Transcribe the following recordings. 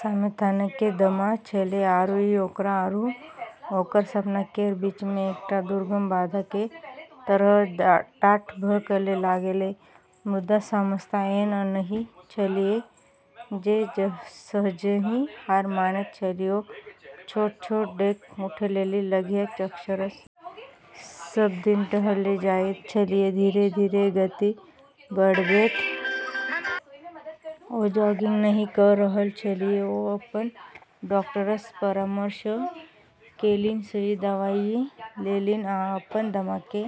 सामन्थाकेँ दमा छेलै, आरू ई ओकरा आरू ओकर सपना केर बीचमे एकटा दुर्गम बाधा केर तरह ठाढ़ भऽ कऽ लागलै। मुदा सामन्था एहन नहि छलीह जे सहजहि हार मानैत छलीह। ओ छोट-छोट डेग उठै लेल लगलीह – अक्षरशः। सब दिन टहलै जाइत छलीह, धीरे-धीरे गति बढ़बैत रहैत छलीह जाबत धरि ओ जॉगिंग नहि कऽ रहल छलीह। ओ अपन डॉक्टरसँ परामर्श केलनि, सही दवाई लऽ लेलनि, आ अपन दमाकेँ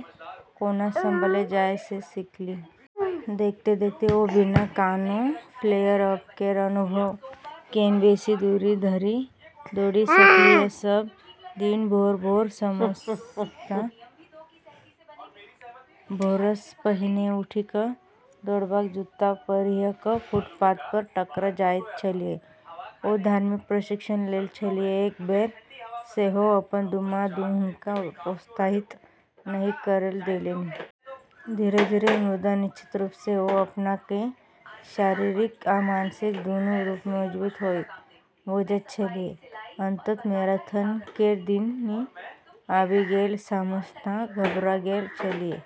कोना संभालल जाए से सीखलनि। देखैत-देखैत, ओ बिना कोनो फ्लेयर-अप केर अनुभव केने बेसी दूरी धरि दौड़ि सकलीह। सब दिन भोरे-भोर सामन्था भोरसँ पहिने उठि कऽ दौड़बाक जूता पहिरि कऽ फुटपाथपर टकरा जाइत छलीह। ओ धार्मिक प्रशिक्षण लैत छलीह, एक बेर सेहो अपन दमा हुनका हतोत्साहित नहि करै देलनि। धीरे-धीरे मुदा निश्चित रूपसँ ओ अपनाकेँ शारीरिक आ मानसिक दूनू रूपेँ मजबूत होइत बुझैत छलीह। अंततः मैराथन केर दिन आबि गेल। सामन्था घबरा गेल छलीह,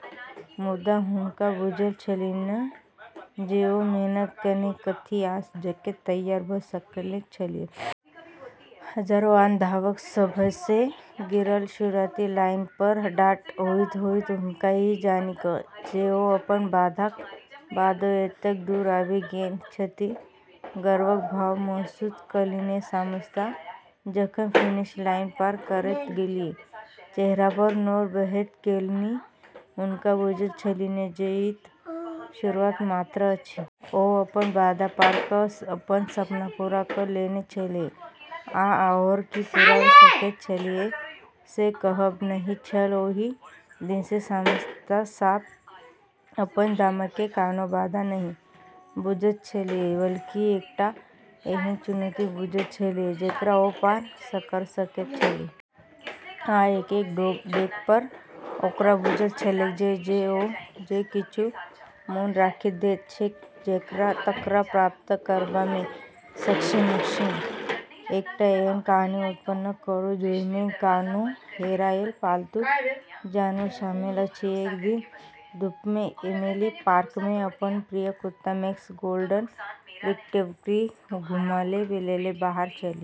मुदा हुनका बुझल छलनि जे ओ मेहनत केने छथि आ जतेक तैयार भऽ सकैत छलीह। हजारो आन धावक सभसँ घिरल शुरुआती लाइनपर ठाढ़ होइत-होइत हुनका ई जानि कऽ जे ओ अपन बाधाक बादो एतेक दूर आबि गेल छथि, गर्वक भाव महसूस केलनि। सामन्था जखन फिनिश लाइन पार करैत गेलीह, चेहरापर नोर बहैत गेलनि, हुनका बुझल छलनि जे ई तऽ शुरुआत मात्र अछि। ओ अपन बाधा पार कऽ अपन सपना पूरा कऽ लेने छलीह, आ आओर की पूरा कऽ सकैत छलीह से कहब नहि छल। ओहि दिनसँ सामन्था आब अपन दमाकेँ कोनो बाधा नहि बुझैत छलीह, बल्कि एकटा एहन चुनौती बुझैत छलीह जकरा ओ पार कऽ सकैत छलीह। आ एक-एक डेगपर ओकरा बुझल छलैक जे ओ जे किछु मोन राखि दैत छैक तकरा प्राप्त करबामे सक्षम अछि। एकटा एहन कहानी उत्पन्न करू जाहिमे कोनो हेरायल पालतू जानवर शामिल अछि। एक दिन धूपमे एमिली पार्कमे अपन प्रिय कुत्ता मैक्स, गोल्डन रिट्रीवरकेँ घुमाबै लेल बाहर छेलै।